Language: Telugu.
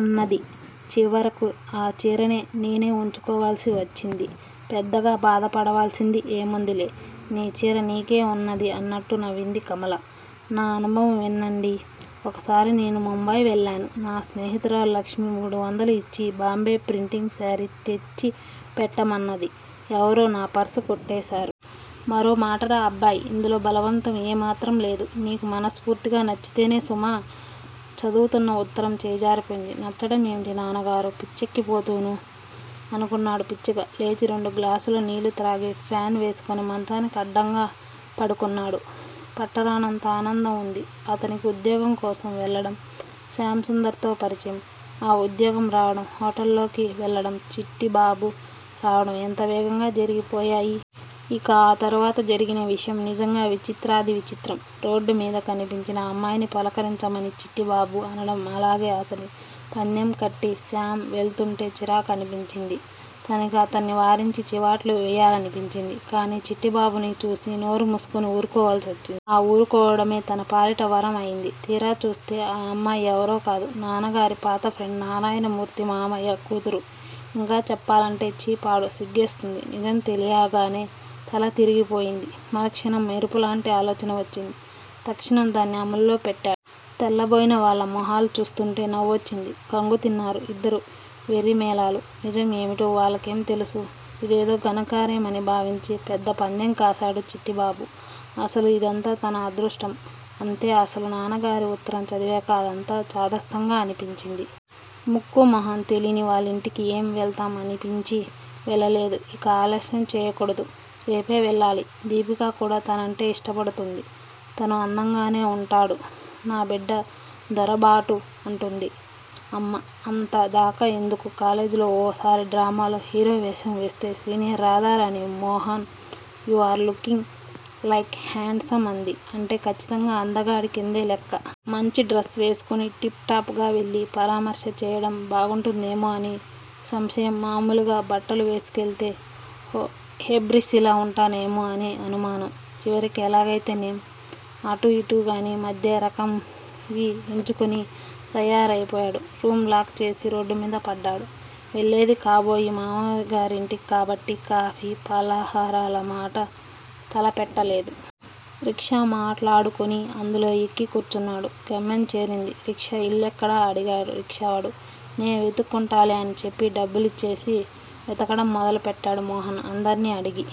అన్నది. చివరకు ఆ చీర నేనే ఉంచేసుకోవాల్సివచ్చింది. పెద్దగా బాధపడాల్సిందేముందిలే నీ చీర నీకే ఉన్నది అంటూ నవ్వింది కమల. నా అనుభవం వినండి. ఒకసారి నేను బొంబాయి వెళ్ళాను. నా స్నేహితురాలు లక్ష్మి మూడువందలు ఇచ్చి బాంబే ప్రింటింగు చీరెలు తెచ్చిపెట్టమన్నది. ఎవరో నా పర్సు కొట్టేశారు. మరో మాటరా! అబ్బాయ్ ఇందులో బలవంతం ఏ మాత్రం లేదు. నీకు మనస్ఫూర్తిగా నచ్చితేనే సుమా! చదువుతున్న ఉత్తరం చేజారిపోయింది. నచ్చడం ఏమిటి నాన్నగారూ! పిచ్చెక్కిపోతెనూ! అనుకున్నాడు పిచ్చిగా. లేచి రెండు గ్లాసుల నీళ్ళు తాగి ఫాన్ వేసుకుని మంచానికి అడ్డంగా పడుకున్నాడు. పట్టరానంత ఆనందంగా ఉంది అతనికి ఉద్యోగం కోసం వెళ్ళడం శ్యామ్ సుందర్ తో పరిచయం ఆ ఉద్యోగం రావడం హొటల్ కి వెళ్ళడం చిట్టిబాబు రావడం ఎంత వేగంగా జరిగిపోయాయి? ఇక ఆ తరువాత జరిగిన విషయం నిజంగా విచిత్రాతి విచిత్రం. రోడ్ మీద కనిపించిన అమ్మాయిని పలకరించమని చిట్టిబాబు అనడం అలాగే అని పందెం కట్టి శ్యామ్ వెళ్తుంటే చిరాకు అనిపించింది తనకి. అతన్ని వారించి చివాట్లు వెయ్యాలనిపించింది. కానీ చిట్టిబాబుని చూసి నోరు మూసుకుని ఊరుకోవాల్సివచ్చింది. ఆ ఊరుకోవడమే తన పాలిట వరం అయింది. తీరా చూస్తే ఆ అమ్మాయి ఎవరో కాదు నాన్నగారి పాత ఫ్రెండ్ నారాయణమూర్తి మామయ్య కూతురు. ఇంకా చెప్పాలంటే! ఛీ పాడు సిగ్గేస్తుంది. నిజం తెలియగానే తల తిరిగిపోయింది. మరుక్షణం మెరుపులాంటి ఆలోచన వచ్చింది. తక్షణం దాన్ని అమల్లో పెట్టా తెల్లబోయిన వాళ్ళ మొహాలు చూస్తుంటే నవ్వొచ్చింది. ఖంగు తిన్నారు ఇద్దరూ. వెర్రిమేళాలు నిజం ఏమిటో వాళ్ళకేం తెలుసు? ఇదేదో ఘనకార్యం అని భావించి పెద్ద పందెం కాశాడు చిట్టిబాబు. అసలు యిదంతా తన అదృష్టం అంతే అసలు నాన్నగారి ఉత్తరం చదివాక అదంతా చాదస్తంగా అనిపించింది. ముక్కు మొఖం తెలీని వాళ్ళింటికి ఏం వెళ్తాం అనిపించి వెళ్ళలేదు. ఇక ఆలస్యం చెయ్యకూడదు. రేపే వెళ్ళాలి. దీపిక కూడా తనంటే ఇష్టపడుతుంది. తను అందంగానే ఉంటాడు. నా బిడ్డ దొరబాటు అంటుంది అమ్మ. అంతదాకా ఎందుకూ కాలేజీలో ఓ సారి డ్రామాలో హీరో వేషం వేస్తే senior Radharani Mohan you are looking like handsome అంది అంటే ఖచ్చితంగా అందగాడి కిందే లెక్క. మంచిడ్రస్ వేసుకుని టిప్ టాప్ గా వెళ్ళి పరామర్శ చెయ్యడం బాగుండదేమో అని సంశయం మామూలు బట్టలు వేసుకెళ్తే ఏబ్రాసిలా ఉంటానేమో అని అనుమానం. చివరికెలాగైతేనేం అటూ ఇటూ కానీ మధ్యరకంవి ఎంచుకుని తయారైపోయాడు. రూమ్ లాక్ చేసి రోడ్డుమీద పడ్డాడు. వెళ్ళేది కాబోయే మామగారింటికే కాబట్టి కాఫీ ఫలహారాల మాట తలపెట్టాలేదు. రిక్షా మాట్లాడుకుని అందులో ఎక్కి కూర్చున్నాడు. గమ్యం చేరింది రిక్షా. ఇల్లెక్కడ? అడిగాడు రిక్షావాడు నే వెతుక్కుంటాలే అని చెప్పి డబ్బులిచ్చేసి వెతకడం మొదలు పెట్టాడు మోహన్. అందర్నీ అడిగి